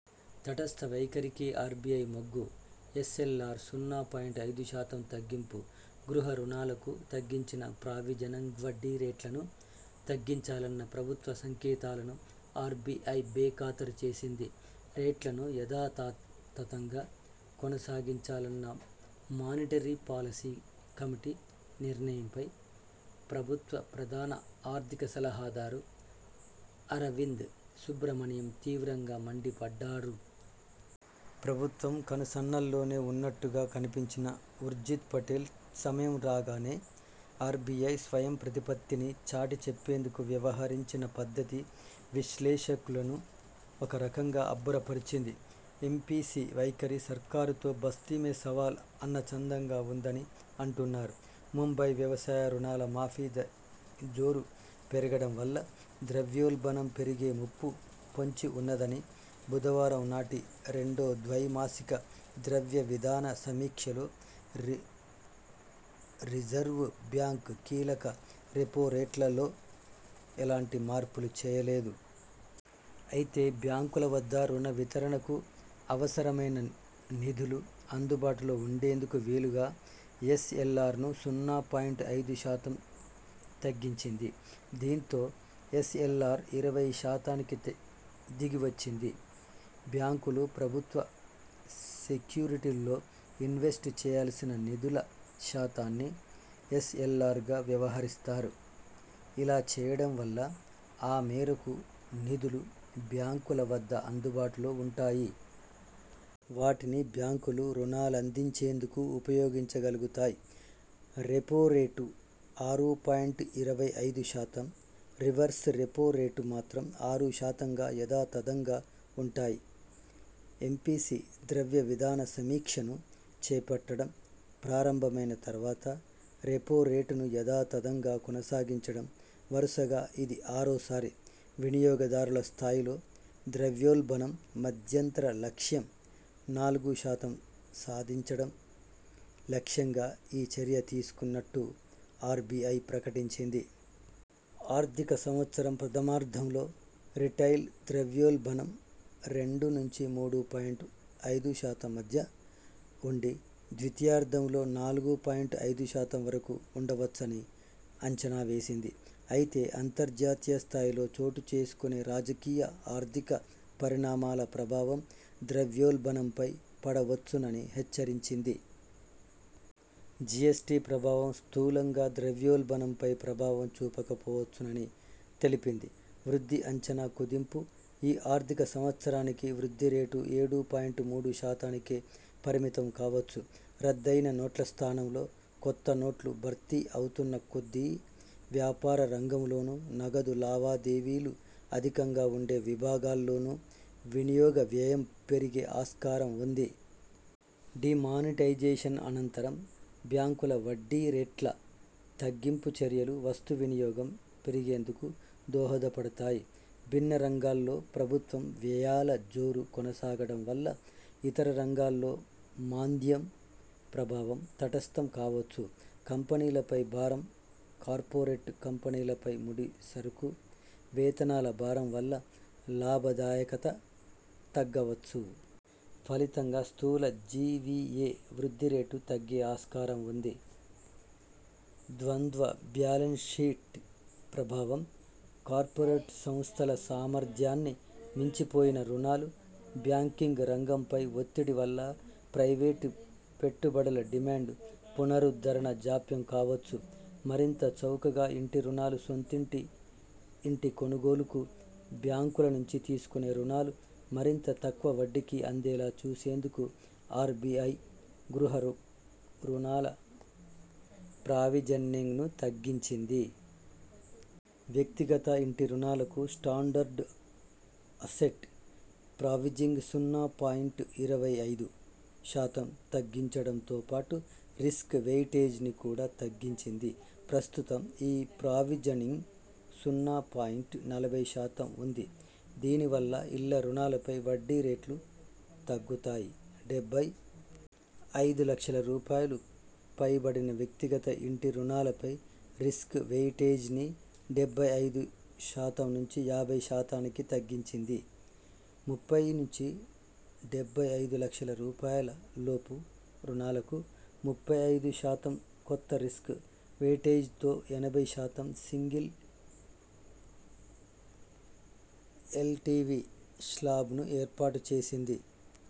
తటస్థ వైఖరికే ఆర్బిఐ మొగ్గుఎస్ఎల్ఆర్ సున్నా పాయింట్ ఐదు శాతం తగ్గింపుగృహ రుణాలకు తగ్గించిన ప్రావిజనింగ్వడ్డీరేట్లను తగ్గించాలన్న ప్రభుత్వ సంకేతాలను ఆర్బిఐ బేఖాతర్ చేసింది. రేట్లను యథాతథంగా కొనసాగించాలన్న మానిటరీ పాలసీ కమిటీ నిర్ణయంపై ప్రభుత్వ ప్రధాన ఆర్థిక సలహాదారు అరవింద్ సుబ్రమణియన్ తీవ్రంగా మండిపడ్డారు. ప్రభుత్వం కనుసన్నల్లోనే ఉన్నట్టుగా కనిపించిన ఉర్జిత్ పటేల్ సమయం రాగానే ఆర్బిఐ స్వయం ప్రతిపత్తిని చాటి చెప్పేందుకు వ్యవహరించిన పద్ధతి విశ్లేషకులను ఒక రకంగా అబ్బురపర్చింది. ఎంపిసి వైఖరి సర్కారుతో బస్తీమే సవాల్ అన్నచందంగా ఉందని అంటున్నారు. ముంబై వ్యవసాయ రుణాల మాఫీ జోరు పెరగడం వల్ల ద్రవ్యోల్బణం పెరిగే ముప్పు పొంచి ఉన్నదని బుధవారం నాటి రెండో ద్వైమాసిక ద్రవ్య విధాన సమీక్షలో రిజర్వు బ్యాంకు కీలక రెపో రేట్లలో ఎలాంటి మార్పులు చేయలేదు. అయితే బ్యాంకుల వద్ద రుణ వితరణకు అవసరమైన నిధులు అందుబాటులో ఉండేందుకు వీలుగా ఎస్ఎల్ఆర్ను సున్నా పాయింట్ ఐదు శాతం తగ్గించింది. దీంతో ఎస్ఎల్ఆర్ ఇరవై శాతానికి దిగివచ్చింది. బ్యాంకులు ప్రభుత్వ సెక్యూరిటీల్లో ఇన్వెస్ట్ చేయాల్సిన నిధుల శాతాన్ని ఎస్ఎల్ఆర్గా వ్యవహరిస్తారు. ఇలా చేయడం వల్ల ఆ మేరకు నిధులు బ్యాంకుల వద్ద అందుబాటులో ఉంటాయి. వాటిని బ్యాంకులు రుణాలందించేందుకు ఉపయోగించగలుగుతాయి. రెపో రేటు ఆరు పాయింట్ ఇరవై ఐదు శాతం, రివర్స్ రెపో రేటు మాత్రం ఆరు శాతంగా యథాతథంగా ఉంటాయి ఎంపిసి ద్రవ్యవిధాన సమీక్షను చేపట్టడం ప్రారంభమైన తర్వాత రెపో రేటును యథాతథంగా కొనసాగించడం వరుసగా ఇది ఆరోసారి. వినియోగదారుల స్థాయిలో ద్రవ్యోల్బణం మధ్యంతర లక్ష్యం నాలుగు శాతం సాధించడం లక్ష్యంగా ఈ చర్య తీసుకున్నట్టు ఆర్బిఐ ప్రకటించింది. ఆర్థిక సంవత్సరం ప్రథమార్ధంలో రిటైల్ ద్రవ్యోల్బణం రెండు నుంచి మూడు పాయింట్ ఐదు శాతం మధ్య ఉండి ద్వితీయార్ధంలో నాలుగు పాయింట్ ఐదు శాతం వరకు ఉండవచ్చని అంచనా వేసింది అయితే అంతర్జాతీయ స్థాయిలో చోటు చేసుకునే రాజకీయ, ఆర్థిక పరిణామాల ప్రభావం ద్రవ్యోల్బణంపై పడవచ్చునని హెచ్చరించింది. జిఎస్టీ ప్రభావం స్థూలంగా ద్రవ్యోల్బణంపై ప్రభావం చూపకపోవచ్చునని తెలిపింది. వృద్ధి అంచనా కుదింపు ఈ ఆర్థిక సంవత్సరానికి వృద్ధి రేటు ఏడు పాయింట్ మూడు శాతానికే పరిమితంకావచ్చు రద్దయిన నోట్ల స్థానంలో కొత్త నోట్లు భర్తీ అవుతున్న కొద్దీ వ్యాపార రంగంలోను, నగదు లావాదేవీలు అధికంగా ఉండే విభాగాల్లోను వినియోగ వ్యయం పెరిగే ఆస్కారం ఉంది. డీమానిటైజేషన్ అనంతరం బ్యాంకుల వడ్డీ రేట్ల తగ్గింపు చర్యలు వస్తు వినియోగం పెరిగేందుకు దోహదపడతా యి. భిన్న రంగాల్లో ప్రభుత్వం వ్యయాల జోరు కొనసాగడం వల్ల ఇతర రంగాల్లో మాంద్యం ప్రభావం తటస్థం కావచ్చు. కంపెనీలపై భారం కార్పొరేట్ కంపెనీలపై ముడిసరకు, వేతనాల భారం వల్ల లాభదాయకత తగ్గవచ్చు. ఫలితంగా స్థూల జివిఎ వృద్ధి రేటు తగ్గే ఆస్కారం ఉంది. ద్వంద్వ బ్యాలెన్స్షీట్ ప్రభావం-కార్పొరేట్ సంస్థల సామర్థ్యాన్ని మించిపోయిన రుణాలు, బ్యాంకింగ్ రంగంపై ఒత్తిడి-వల్ల ప్రైవేటు పెట్టుబడుల డిమాండు పునరుద్ధరణ జాప్యం కావచ్చు. మరింత చౌకగా ఇంటి రుణాలు సొంతింటి ఇంటి కొనుగోలుకు బ్యాంకుల నుంచి తీసుకునే రుణాలు మరింత తక్కువ వడ్డీకి అందేలా చూసేందుకు ఆర్బిఐ గృహ రుణాల ప్రావిజనింగ్ను తగ్గించింది. వ్యక్తిగత ఇంటి రుణాలకు స్టాండర్డ్ అసెట్ ప్రావిజనింగ్ సున్నా పాయింట్ ఇరవై ఐదు శాతం తగ్గించడంతో పాటు రిస్క్ వెయిటేజ్ని కూడా తగ్గించింది ప్రస్తుతం ఈ ప్రావిజనింగ్ సున్నా పాయింట్ నలభై శాతం ఉంది దీని వల్ల ఇళ్ల రుణాలపై వడ్డీ రేట్లు తగ్గుతాయి. డెబ్బై ఐదు లక్షల రూపాయలు పైబడిన వ్యక్తిగత ఇంటి రుణాలపై రిస్క్ వెయిటేజ్ని డెబ్బై ఐదు శాతం నుంచి యాభై శాతానికి తగ్గించింది ముప్పై నుంచి డెబ్బై ఐదు లక్షల రూపాయల లోపు రుణాలకు ముప్పై ఐదు శాతం కొత్త రిస్క్ వెయిటేజ్తో ఎనభై శాతం సింగిల్ ఎల్టివి శ్లాబ్ను ఏర్పాటు చేసింది